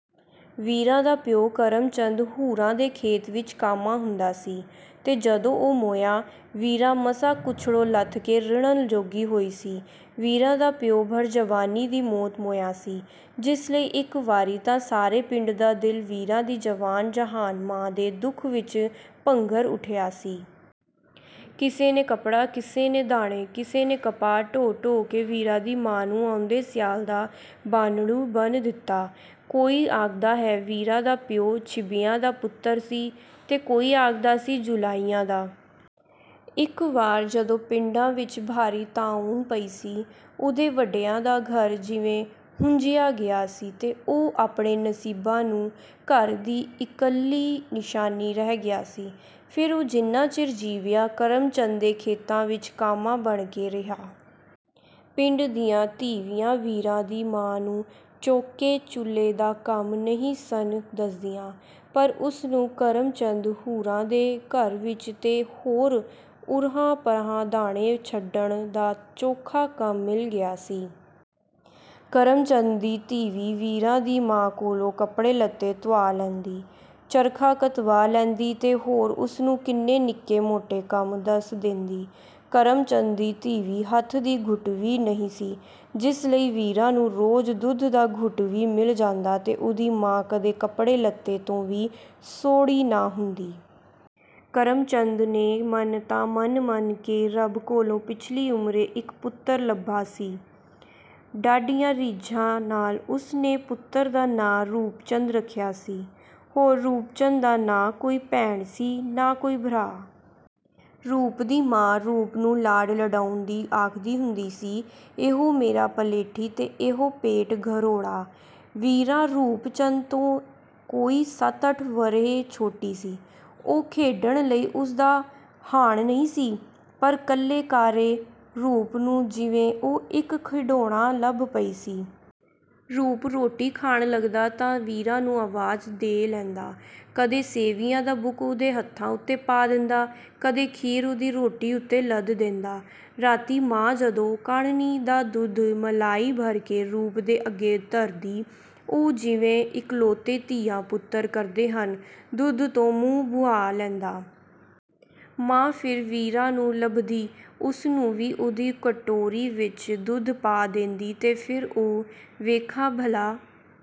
ਵੀਰਾਂ ਦਾ ਪਿਓ ਕਰਮ ਚੰਦ ਹੁਰਾਂ ਦੇ ਖੇਤ ਵਿੱਚ ਕਾਮਾ ਹੁੰਦਾ ਸੀ ਤੇ ਜਦੋਂ ਉਹ ਮੋਇਆ, ਵੀਰਾਂ ਮਸਾਂ ਕੁਛੜੋਂ ਲੱਥ ਕੇ ਰਿੜ੍ਹਨ ਜੋਗੀ ਹੋਈ ਸੀ। ਵੀਰਾਂ ਦਾ ਪਿਓ ਭਰ ਜਵਾਨੀ ਦੀ ਮੌਤ ਮੋਇਆ ਸੀ, ਜਿਸ ਲਈ ਇੱਕ ਵਾਰੀ ਤਾਂ ਸਾਰੇ ਪਿੰਡ ਦਾ ਦਿਲ ਵੀਰਾਂ ਦੀ ਜਵਾਨ-ਜਹਾਨ ਮਾਂ ਦੇ ਦੁੱਖ ਵਿੱਚ ਪੰਘਰ ਉੱਠਿਆ ਸੀ। ਕਿਸੇ ਨੇ ਕੱਪੜਾ, ਕਿਸੇ ਨੇ ਦਾਣੇ, ਕਿਸੇ ਨੇ ਕਪਾਹ ਢੋ-ਢੋ ਕੇ ਵੀਰਾਂ ਦੀ ਮਾਂ ਨੂੰ ਆਉਂਦੇ ਸਿਆਲ ਦਾ ਬਾਨ੍ਹਣੂ ਬੰਨ੍ਹ ਦਿੱਤਾ। ਕੋਈ ਆਖਦਾ ਹੈ ਵੀਰਾਂ ਦਾ ਪਿਓ ਛੀਂਬਿਆਂ ਦਾ ਪੁੱਤਰ ਸੀ ਤੇ ਕੋਈ ਆਖਦਾ ਸੀ ਜੁਲਾਹਿਆਂ ਦਾ। ਇੱਕ ਵਾਰ, ਜਦੋਂ ਪਿੰਡਾਂ ਵਿੱਚ ਭਾਰੀ ਤਾਊਨ ਪਈ ਸੀ, ਉਹਦੇ ਵੱਡਿਆਂ ਦਾ ਘਰ ਜਿਵੇਂ ਹੂੰਝਿਆ ਗਿਆ ਸੀ ਤੇ ਉਹ ਆਪਣੇ ਨਸੀਬਾਂ ਨੂੰ ਘਰ ਦੀ ਇਕੱਲੀ ਨਿਸ਼ਾਨੀ ਰਹਿ ਗਿਆ ਸੀ। ਫਿਰ ਉਹ ਜਿੰਨਾ ਚਿਰ ਜੀਵਿਆ, ਕਰਮ ਚੰਦ ਦੇ ਖੇਤਾਂ ਵਿੱਚ ਕਾਮਾ ਬਣ ਕੇ ਰਿਹਾ। ਪਿੰਡ ਦੀਆਂ ਤੀਵੀਆਂ ਵੀਰਾਂ ਦੀ ਮਾਂ ਨੂੰ ਚੌਂਕੇ-ਚੁੱਲ੍ਹੇ ਦਾ ਕੰਮ ਨਹੀਂ ਸਨ ਦੱਸਦੀਆਂ, ਪਰ ਉਸ ਨੂੰ ਕਰਮ ਚੰਦ ਹੁਰਾਂ ਦੇ ਘਰ ਵਿੱਚ ਤੇ ਹੋਰ ਉਰ੍ਹਾਂ-ਪਰ੍ਹਾਂ ਦਾਣੇ ਛੜਨ ਦਾ ਚੋਖਾ ਕੰਮ ਮਿਲ ਗਿਆ ਸੀ। ਕਰਮ ਚੰਦ ਦੀ ਤੀਵੀਂ ਵੀਰਾਂ ਦੀ ਮਾਂ ਕੋਲੋਂ ਕੱਪੜੇ-ਲੱਤੇ ਧੁਆ ਲੈਂਦੀ, ਚਰਖਾ ਕਤਵਾ ਲੈਂਦੀ ਤੇ ਹੋਰ ਉਸ ਨੂੰ ਕਿੰਨੇ ਨਿੱਕੇ-ਮੋਟੇ ਕੰਮ ਦੱਸ ਦੇਂਦੀ। ਕਰਮ ਚੰਦ ਦੀ ਤੀਵੀਂ ਹੱਥ ਦੀ ਘੁੱਟਵੀਂ ਨਹੀਂ ਸੀ, ਜਿਸ ਲਈ ਵੀਰਾਂ ਨੂੰ ਰੋਜ਼ ਦੁੱਧ ਦਾ ਘੁੱਟ ਵੀ ਮਿਲ ਜਾਂਦਾ ਤੇ ਉਹਦੀ ਮਾਂ ਕਦੇ ਕੱਪੜੇ-ਲੱਤੇ ਤੋਂ ਵੀ ਸੌੜੀ ਨਾ ਹੁੰਦੀ। ਕਰਮ ਚੰਦ ਨੇ ਮੰਨਤਾਂ ਮੰਨ-ਮੰਨ ਕੇ ਰੱਬ ਕੋਲੋਂ ਪਿਛਲੀ ਉਮਰੇ ਇੱਕ ਪੁੱਤਰ ਲੱਭਾ ਸੀ। ਡਾਢੀਆਂ ਰੀਝਾਂ ਨਾਲ ਉਸ ਨੇ ਪੁੱਤਰ ਦਾ ਨਾਂ ਰੂਪ ਚੰਦ ਰੱਖਿਆ ਸੀ। ਹੋਰ ਰੂਪ ਚੰਦ ਦਾ ਨਾ ਕੋਈ ਭੈਣ ਸੀ, ਨਾ ਕੋਈ ਭਰਾ। ਰੂਪ ਦੀ ਮਾਂ ਰੂਪ ਨੂੰ ਲਾਡ ਲਡਾਉਂਦੀ ਆਖਦੀ ਹੁੰਦੀ ਸੀ, “ਇਹੋ ਮੇਰਾ ਪਲੇਠੀ ਤੇ ਇਹੋ ਪੇਟ-ਘਰੋੜਾ।” ਵੀਰਾਂ ਰੂਪ ਚੰਦ ਤੋਂ ਕੋਈ ਸੱਤ-ਅੱਠ ਵਰ੍ਹੇ ਛੋਟੀ ਸੀ। ਉਹ ਖੇਡਣ ਲਈ ਉਸ ਦਾ ਹਾਣ ਨਹੀਂ ਸੀ, ਪਰ ਕੱਲੇ-ਕਾਰੇ ਰੂਪ ਨੂੰ ਜਿਵੇਂ ਉਹ ਇੱਕ ਖਿਡੌਣਾ ਲੱਭ ਪਈ ਸੀ। ਰੂਪ ਰੋਟੀ ਖਾਣ ਲੱਗਦਾ ਤਾਂ ਵੀਰਾਂ ਨੂੰ ਆਵਾਜ਼ ਦੇ ਲੈਂਦਾ। ਕਦੇ ਸੇਵੀਆਂ ਦਾ ਬੁੱਕ ਉਹਦੇ ਹੱਥਾਂ ਉੱਤੇ ਪਾ ਦਿੰਦਾ, ਕਦੇ ਖੀਰ ਉਹਦੀ ਰੋਟੀ ਉੱਤੇ ਲੱਦ ਦੇਂਦਾ। ਰਾਤੀਂ ਮਾਂ ਜਦੋਂ ਕਾੜ੍ਹਨੀ ਦਾ ਦੁੱਧ ਮਲਾਈ ਭਰ ਕੇ ਰੂਪ ਦੇ ਅੱਗੇ ਧਰਦੀ, ਉਹ, ਜਿਵੇਂ ਇਕਲੌਤੇ ਧੀਆਂ-ਪੁੱਤਰ ਕਰਦੇ ਹਨ, ਦੁੱਧ ਤੋਂ ਮੂੰਹ ਭੁਆ ਲੈਂਦਾ। ਮਾਂ ਫਿਰ ਵੀਰਾਂ ਨੂੰ ਲੱਭਦੀ, ਉਸ ਨੂੰ ਵੀ ਉਹਦੀ ਕਟੋਰੀ ਵਿੱਚ ਦੁੱਧ ਪਾ ਦੇਂਦੀ ਤੇ ਫਿਰ ਉਹ, “ਵੇਖਾਂ ਭਲਾਂ...”